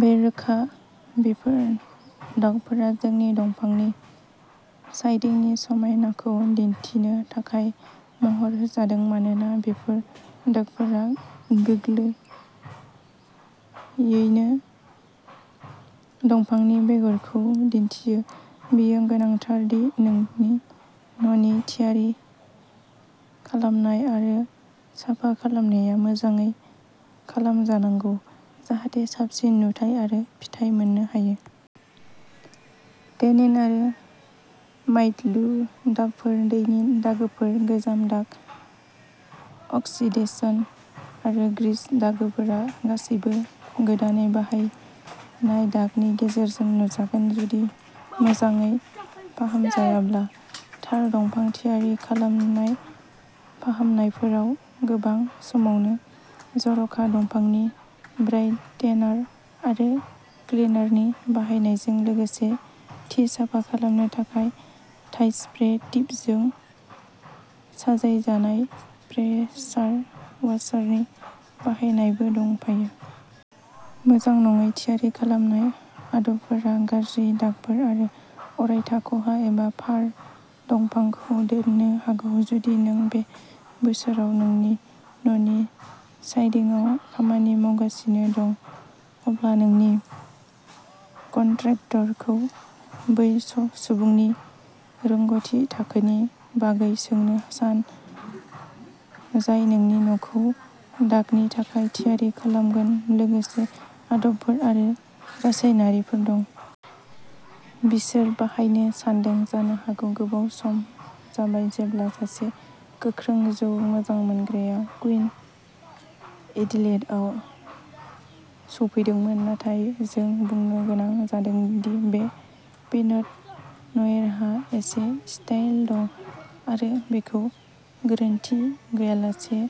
बे रोखा बेफोर दागफोरा नोंनि दंफांनि साइदिंनि समायनाखौ दिन्थिनो थाखाय महर होजादों। मानोना बेफोर दागफोरा गोरलैयैनो दंफांनि बेगरखौ दिन्थियो, बेयो गोनांथार दि नोंनि न'नि थियारि खालामनाय आरो साफा खालामनाया मोजाङै खालामजानांगौ जाहाथे साबसिन नुथाय आरो फिथाइ मोननो हायो। टेनिन आरो माइल्ड्यु दागफोर, दैनि दागोफोर, गोजाम दाग अक्सिडेशन आरो ग्रीस दागोफोरा गासैबो गोदानै बाहायनाय दागनि गेजेरजों नुजागोन जुदि मोजाङै फाहामजायाब्ला। थार दंफां थियारि खालामनाय फाहामनायफोराव गोबां समावनो जर'खा दंफांनि ब्राइटेनार आरो क्लिनारनि बाहायनायजों लोगोसे थि साफा खालामनो थाखाय थार स्प्रे टिपजों साजायजानाय प्रेसार वाशारनि बाहायनायबो दंफायो। मोजां नङै थियारि खालामनाय आदबफोरा गाज्रि दागफोर आरो अरायथा खहा एबा फार दंफांखौ दोननो हागौ। जुदि नों बे बोसोराव नोंनि न'नि साइदिंआव खामानि मावगासिनो दं, अब्ला नोंनि कन्ट्रेक्टरखौ बै सुबुंनि रोंग'थि थाखोनि बागै सोंनो सान, जाय नोंनि न'खौ दागनि थाखाय थियारि खालामगोन लोगोसे आदबफोर आरो रासायनारिफोर। बिसोर बाहायनो सानदों। जानो हागौ गोबाव सम जाबाय जेब्ला सासे गोख्रों जौ मोजां मोनग्राया कुइन एडिलेडआव सौफैदोंमोन, नाथाय जों बुंनो गोनां जादों, बे पिनट न'इरहा एसे स्टाइल दं आरो बेखौ गोरोनथि गैयालासे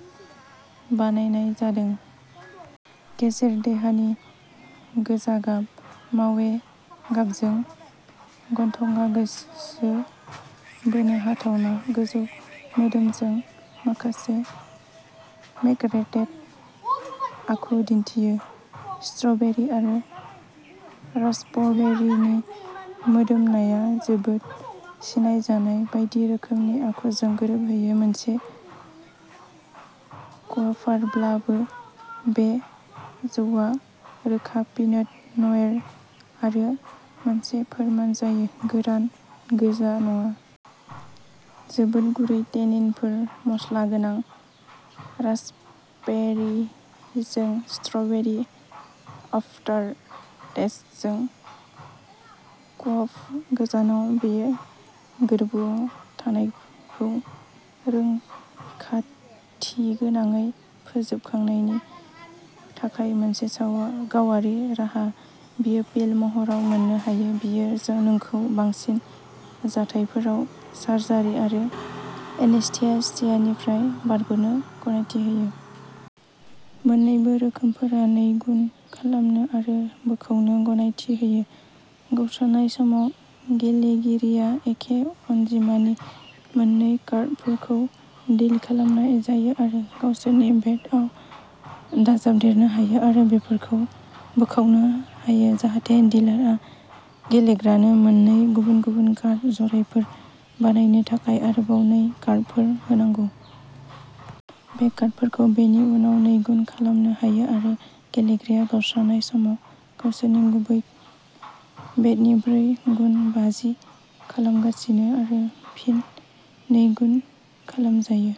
बानायनाय जादों। गेजेर देहानि गोजा गाब, मावे गाबजों। गन्थंआ गोसो बोनो हाथावना, गोजौ मोदोमजों, माखासे मेकरेटेड आखु दिन्थियो। स्ट्र'बेरि आरो रास्पबेरिनि मोदोमनाया जोबोद सिनायजानाय बायदि रोखोमनि आखुजों गोरोबहैयो। मोनसे क्वाफारब्लाबो, बे जौआ रोखा पिनट न'इर-आरो मोनसे फोरमायजायै गोरान गोजा नङा। जोबोद गुरै टेनिनफोर, मस्ला गोनां रास्पबेरीजों, स्ट्र'बेरि आफटारटेस्टजों। क्वाफ गोजानाव! बेयो गोरबोआव थानायखौ रैखाथिगोनाङै फोजोबनायनि थाखाय मोनसे गावारि राहा। बेयो पिल महराव मोननो हायो। बेयो नोंखौ बांसिन जाथायफोराव सार्जारि आरो एनेस्थेसियानिफ्राय बारग'नो गनायथि होयो। मोन्नैबो रोखोमफोरा नैगुन खालामनो आरो बोखावनो गनायथि होयो। गावस्रानाय समाव, गेलेगिरिया एखे अनजिमानि मोन्नै कार्डफोरखौ डिल खालामनाय जायो आरो गावसोरनि बेटआव दाजाबदेरनो हायो आरो बेफोरखौ बोखावनो हायो जाहाथे डिलारआ गेलेग्रानो मोननै गुबुन-गुबुन कार्ड जराफोर बानायनो थाखाय आरोबाव नै कार्डफोर होनांगौ। बे कार्डफोरखौ बेनि उनाव नैगुन खालामनो हायो आरो गेलेग्राया गावस्रानाय समाव गावसोरनि गुबै बेटनि ब्रै गुन बाजि खालामगासिनो आरो फिन नैगुन खालामजायो।